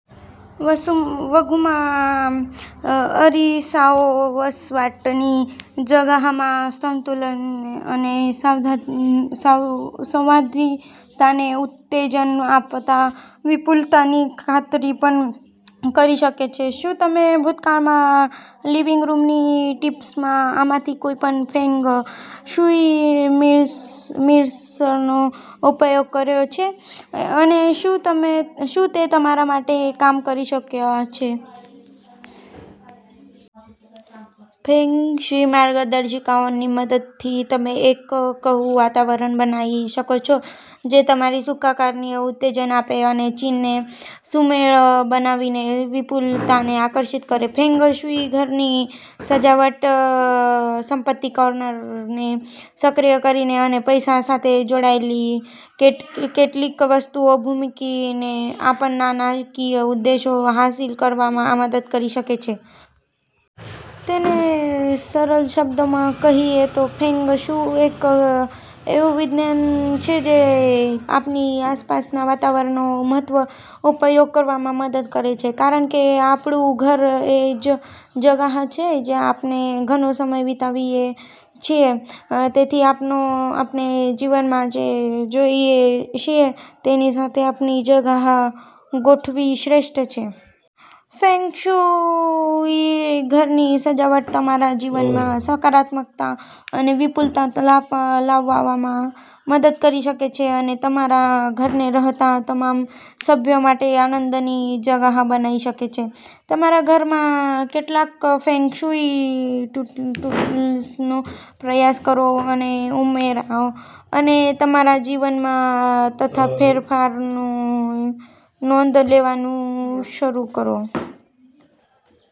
વધુમાં, અરીસાઓ વસવાટની જગ્યામાં સંતુલન અને સંવાદિતાને ઉત્તેજન આપતી વખતે વિપુલતાની ખાતરી પણ કરી શકે છે. શું તમે ભૂતકાળમાં લિવિંગ રૂમની ટીપ્સમાં આમાંથી કોઈપણ ફેંગ શુઈ મિરર્સનો ઉપયોગ કર્યો છે અને શું તે તમારા માટે કામ કરી શક્યા છે? ફેંગ શુઇ માર્ગદર્શિકાઓની મદદથી, તમે એક એવું વાતાવરણ બનાવી શકો છો જે તમારી સુખાકારીને ઉત્તેજન આપે અને ચીને સુમેળ બનાવીને વિપુલતાને આકર્ષિત કરે. ફેંગ શુઇ ઘરની સજાવટ સંપત્તિ કોર્નરને સક્રિય કરીને અને પૈસા સાથે જોડાયેલી કેટલીક વસ્તુઓ મૂકીને અમારા નાણાકીય ઉદ્દેશો હાંસલ કરવામાં મદદ કરી શકે છે. તેને સરળ શબ્દોમાં કહીએ તો, ફેંગ શુઇએક એવું વિજ્ઞાન છે જે આપણી આસપાસના વાતાવરણનો મહત્તમ ઉપયોગ કરવામાં મદદ કરે છે. કારણ કે, આપણું ઘરજગ્યા છે જ્યાં આપણે ઘણો સમય વિતાવીએ છીએ. તેથી, આપણે જીવનમાં જે જોઈએ છીએ તેની સાથે આપણી જગ્યા ગોઠવવી શ્રેષ્ઠ છે. ફેંગ શુઇ ઘરની સજાવટ તમારા જીવનમાં સકારાત્મકતા અને વિપુલતા લાવવામાં મદદ કરી શકે છે અને તમારા ઘરને રહેતા તમામ સભ્યો માટે આનંદની જગ્યા બનાવી શકે છે. તમારા ઘરમાં કેટલાક ફેંગ શુઇ ટૂલ્સનો પ્રયાસ કરો અને ઉમેરો અને તમારા જીવનમાં થતા ફેરફારોની નોંધ લેવાનું શરૂ કરો.